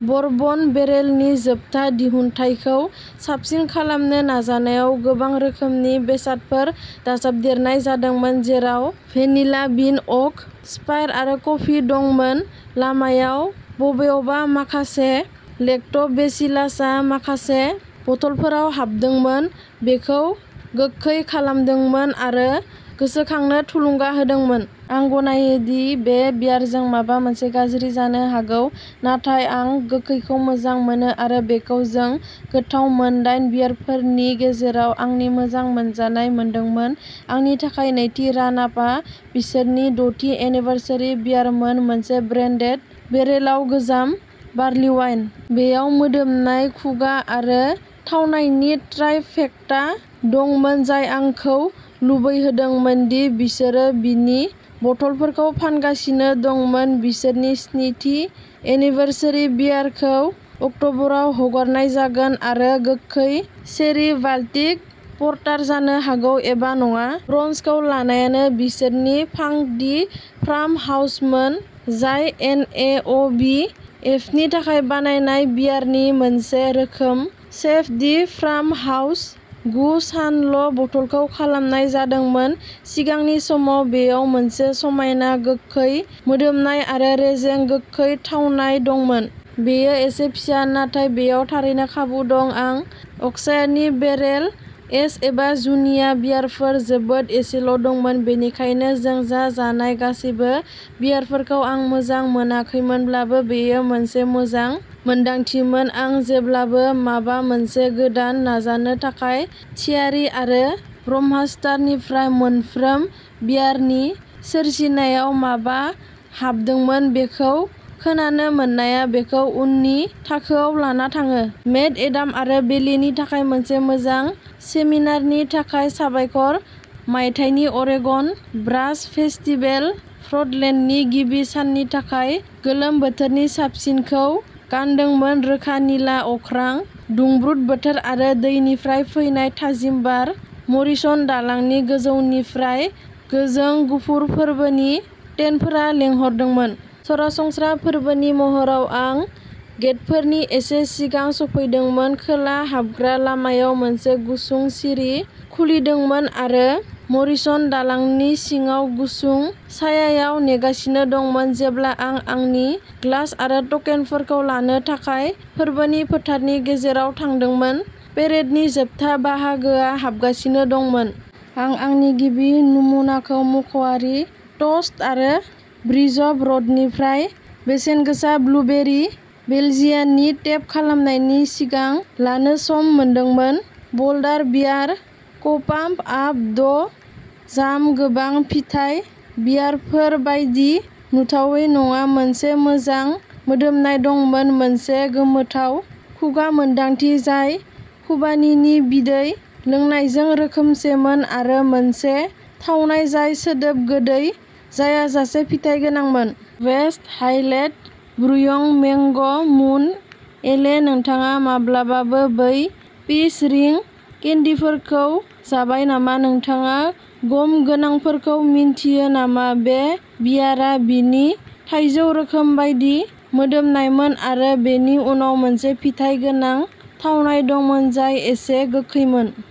Bourbon बेरेलनि जोबथा दिहुनथायखौ साबसिन खालामनो नाजानायाव गोबां रोखोमनि बेसादफोर दाजाबदेरनाय जादोंमोन, जेराव भेनिला बिन अक स्पायर आरो कफि दंमोन। लामायाव बबेयावबा माखासे लेक्ट' बेसिलासआ माखासे बथलफोराव हाबदोंमोन, बेखौ गोखै खालामदोंमोन आरो गोसोखांनो थुलुंगा होदोंमोन। आं गनायो दि बे बियारजों माबा मोनसे गाज्रि जानो हागौ, नाथाय आं गोखैखौ मोजां मोनो आरो बेखौ जों गोथाव मोन दाइन बियारफोरनि गेजेराव आंनि मोजां मोनजानाय मोनदोंमोन। आंनि थाखाय नैथि रान आपआ बिसोरनि दथि एनिभार्सारि बियारमोन मोनसे ब्रेन्डी बेरेलाव गोजाम बार्लिवाइन। बेयाव मोदोमनाय, खुगा आरो थावनायनि ट्राइफेक्टा दंमोन जाय आंखौ लुबैहोदोंमोन दि बिसोरो बेनि बथलफोरखौ फानगासिनो दंमोन। बिसोरनि स्नि थि एनिभार्सारि बियारखौ अक्टबराव हगारनाय जागोन आरो गोखै चेरी बाल्टिक पर्टार जानो हागौ । एबा नङा। ब्रन्जखौ लानायानो बिसोरनि फांक दि फार्म हाउसमोन, जाय एन ए अ बि एफनि थाखाय बानायनाय बियारनि मोनसे रोखोम, सेभ दि फार्महाउस। गु सानल' बथलखौ खालामनाय जादोंमोन। सिगांनि समाव बेयाव मोनसे समायना गोखै मोदोमनाय आरो रेजें, गोखै थावनाय दंमोन। बेयो एसे फिसा नाथाय बेयाव थारैनो खाबु दं। आं अक्सायारनि बेरेल एज एबा जुनिया बियारफोर जोबोद एसेल' मोनदों बेनिखायनो जों जाजानाय गासैबो बियारफोरखौ आं मोजां मोनाखैमोनब्लाबो बेयो मोनसे मोजां मोन्दांथिमोन। आं जेब्लाबो माबा मोनसे गोदान नाजानो थाखाय थियारि आरो ब्रमाष्टारनिफ्राय मोनफ्रोम बियारनि सोरजिनायाव मा हाबदोंमोन बेखौ खोनानो मोननाया बेखौ उननि थाखोआव लाना थाङो। मेट, एडाम आरो बेलीनि थाखाय मोनसे मोजां सेमिनारनि थाखाय साबायखर मायथाइनि अरेगन ब्रअर्स फेस्टिभेल पर्टलेन्डनि गिबि साननि थाखाय गोलोम बोथोरनि साबसिनखौ गानदोंमोन रोखा निला अख्रां, दुंब्रुद बोथोर आरो दैनिफ्राय फैनाय थाजिम बार। मरिसन दालांनि गोजौनिफ्राय गोजों गुफुर फोरबोनि टेन्टफोरा लेंहरदोंमोन। सरासनस्रा फोरबोनि महराव, आं गेटफोरनि एसे सिगां सौफैदोंमोन। खोला हाबग्रा लामायाव मोनसे गुसुं सिरि खुलिदोंमोन आरो मरिसन दालांनि सिङाव गुसुं सायायाव नेगासिनो दंमोन। जेब्ला आं आंनि ग्लास आरो टकेनफोरखौ लानो थाखाय फोरबोनि फोथारनि गेजेराव थांदोंमोन, पेरेडनि जोबथा बाहागोआ हाबगासिनो दंमोन। आं आंनि गिबि नमुनाखौ मावख'आरि ट'स्ट आरो ब्रिजप'र्टनिफ्राय बेसेनगोसा ब्लुबेरि बेल्जियननि टेप खालामनायनि सिगां लानो सम मोनदोंमोन। ब'ल्डार बियार क'पाम्प आप द जाम गोबां फिथाइ बियारफोर बायदि नुथावै नङा, मोनसे मोजां मोदोमनाय दंमोन, मोनसे गोमोथाव खुगा मोनदांथि जाय खुबानीनि बिदै लोंनायजों रोखोमसेमोन आरो मोनसे थावनाय जाय सोदोब गोदै जायाजासे फिथाइ गोनांमोन। वेस्ट हाइलेन्ड ब्रुइं मेंग'मुन एले नोंथाङा माब्लाबाबो बै पिच रिं केन्डिफोरखौ जाबाय नामा? नोंथाङा गम गोनांफोरखौ मिथियो नामा? बे बियारआ बिनि थाइजौ रोखोम बायदि मोदोमनायमोन आरो बेनि उनाव मोनसे फिथाइ गोनां थावनाय दंमोन जाय एसे गोखैमोन।